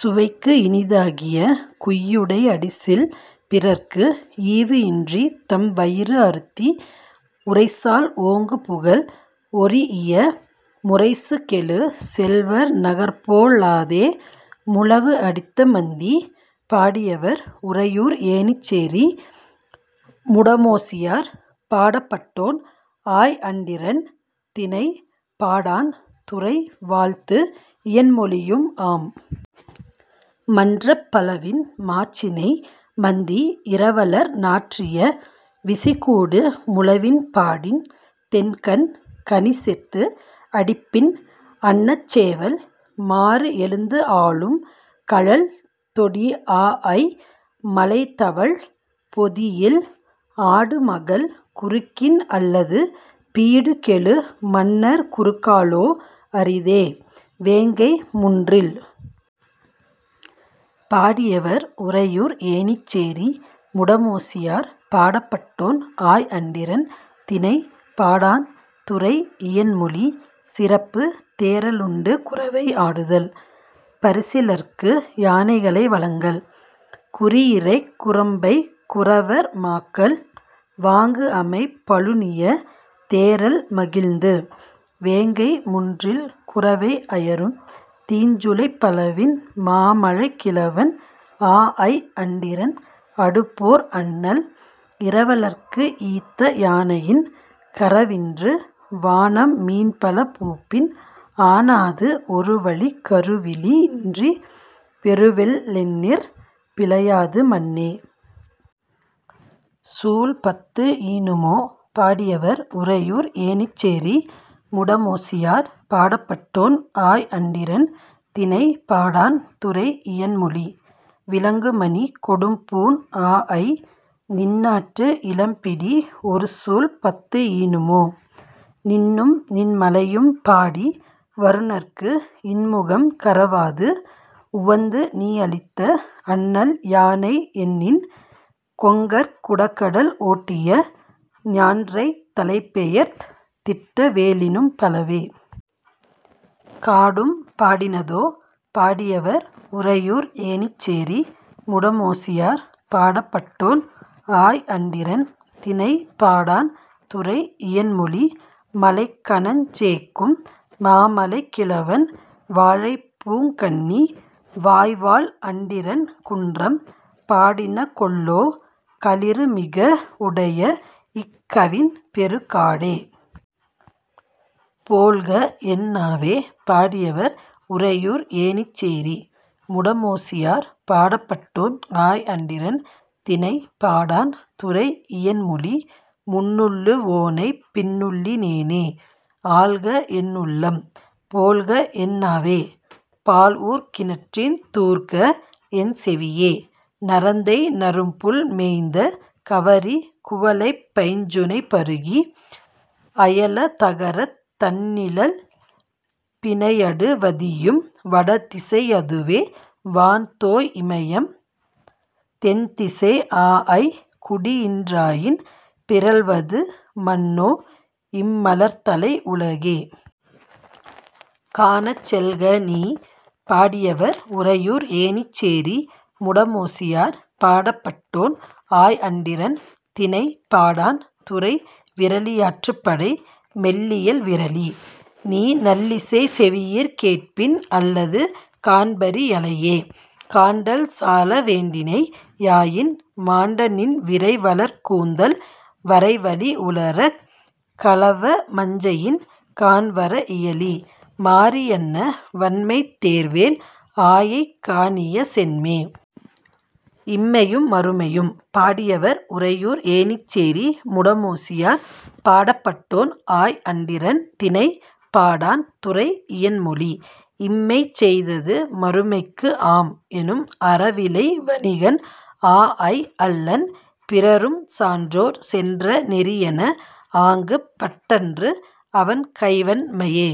சுவைக்கு இனி தாகிய குய்யுடை அடிசில் பிறர்க்கு ஈவு இன்றித் தம் வயிறு அருத்தி, உரைசால் ஓங்குபுகழ் ஒரிஇய முரைசு கெழு செல்வர் நகர்போ லாதே.. முழவு அடித்த மந்தி! பாடியவர்: உறையூர் ஏணிச்சேரி முடமோசியார். பாடப்பட்டோன்: ஆய் அண்டிரன். திணை: பாடாண். துறை: வாழ்த்து; இயன்மொழியும் ஆம். மன்றப் பலவின் மாச்சினை மந்தி இரவலர் நாற்றிய விசிகூடு முழவின் பாடின் தெண்கண், கனி செத்து, அடிப்பின், அன்னச் சேவல் மாறு எழுந்து ஆலும், கழல் தொடி ஆஅய் மழை தவழ் பொதியில்; ஆடு மகள் குறுகின் அல்லது, பீடுகெழு மன்னர் குறுகலோ அரிதே.. வேங்கை முன்றில்! பாடியவர்: உறையூர் ஏணிச்சேரி முடமோசியார். பாடப்பட்டோன்: ஆய் அண்டிரன். திணை: பாடாண். துறை: இயன் மொழி. சிறப்பு: தேறலுண்டு குரவை ஆடுதல்; பரிசிலர்க்கு யானைகளை வழங்கல். குறியிறைக் குரம்பைக் குறவர் மாக்கள் வாங்குஅமைப் பழுனிய தேறல் மகிழ்ந்து, வேங்கை முன்றில் குரவை அயரும், தீஞ்சுளைப் பலவின், மாமலைக் கிழவன்; ஆஅய் அண்டிரன், அடுபோர் அண்ணல்; இரவலர்க்கு ஈத்த யானையின், கரவின்று, வானம் மீன்பல பூப்பின், ஆனாது ஒருவழிக் கருவழி யின்றிப் பெருவெள் ளென்னிற், பிழையாது மன்னே.. சூல் பத்து ஈனுமோ? பாடியவர்: உறையூர் ஏணிச்சேரி முடமோசியார். பாடப்பட்டோன்: ஆய் அண்டிரன். திணை: பாடாண். துறை: இயன் மொழி. விளங்குமணிக் கொடும்பூண் ஆஅய்! நின்னாட்டு இளம்பிடி ஒருசூல் பத்து ஈனும்மோ? நின்னும் நின் மலையும் பாடி வருநர்க்கு, இன்முகம் கரவாது, உவந்து நீ அளித்த அண்ணல் யானை எண்ணின், கொங்கர்க் குடகடல் ஓட்டிய ஞான்றைத் தலைப்பெயர்த் திட்ட வேலினும் பலவே!. காடும் பாடினதோ? பாடியவர்: உறையூர் ஏணிச்சேரி முடமோசியார். பாடப்பட்டோன்: ஆய் அண்டிரன். திணை: பாடாண். துறை: இயன் மொழி. மழைக் கணஞ் சேக்கும் மாமலைக் கிழவன், வழைப் பூங் கண்ணி வாய்வாள் அண்டிரன் குன்றம் பாடின கொல்லோ; களிறு மிக உடைய இக் கவின் பெறு காடே?. போழ்க என் நாவே! பாடியவர்: உறையூர் ஏணிச்சேரி முடமோசியார். பாடப்பட்டோன்: ஆய் அண்டிரன். திணை: பாடாண். துறை: இயன் மொழி. முன்னுள்ளு வோனைப் பின்னுள்ளி னேனே! ஆழ்க, என் உள்ளம்! போழ்க என் நாவே! பாழ் ஊர்க் கிணற்றின் தூர்க, என் செவியே! நரந்தை நறும்புல் மேய்ந்த கவரி குவளைப் பைஞ்சுனை பருகி, அயல தகரத் தண்ணிழல் பிணையடு வதியும் வடதிசை யதுவே வான்தோய் இமையம், தென்திசை ஆஅய் குடி இன்றாயின், பிறழ்வது மன்னோ இம் மலர்தலை உலகே.. காணச் செல்க நீ! பாடியவர்: உறையூர் ஏணிச்சேரி முடமோசியார். பாடப்பட்டோன்: ஆய் அண்டிரன். திணை: பாடாண். துறை: விறலியாற்றுப்படை. மெல்லியல் விறலி! நீ நல்லிசை செவியிற் கேட்பின் அல்லது, காண்பறி யலையே; காண்டல் சால வேண்டினை யாயின்- மாண்ட நின் விரை வளர் கூந்தல் வரைவளி உளரக், கலவ மஞ்ஞையின் காண்வர இயலி, மாரி யன்ன வண்மைத் தேர்வேள் ஆயைக் காணிய சென்மே!. இம்மையும் மறுமையும்! பாடியவர்: உறையூர் ஏணிச்சேரி முடமோசியார் பாடப்பட்டோன்: ஆய் அண்டிரன் திணை: பாடாண் துறை: இயன் மொழி 'இம்மைச் செய்தது மறுமைக்கு ஆம்' எனும் அறவிலை வணிகன் ஆ அய் அல்லன்; பிறரும் சான்றோர் சென்ற நெறியென, ஆங்குப் பட்டன்று அவன் கைவண் மையே..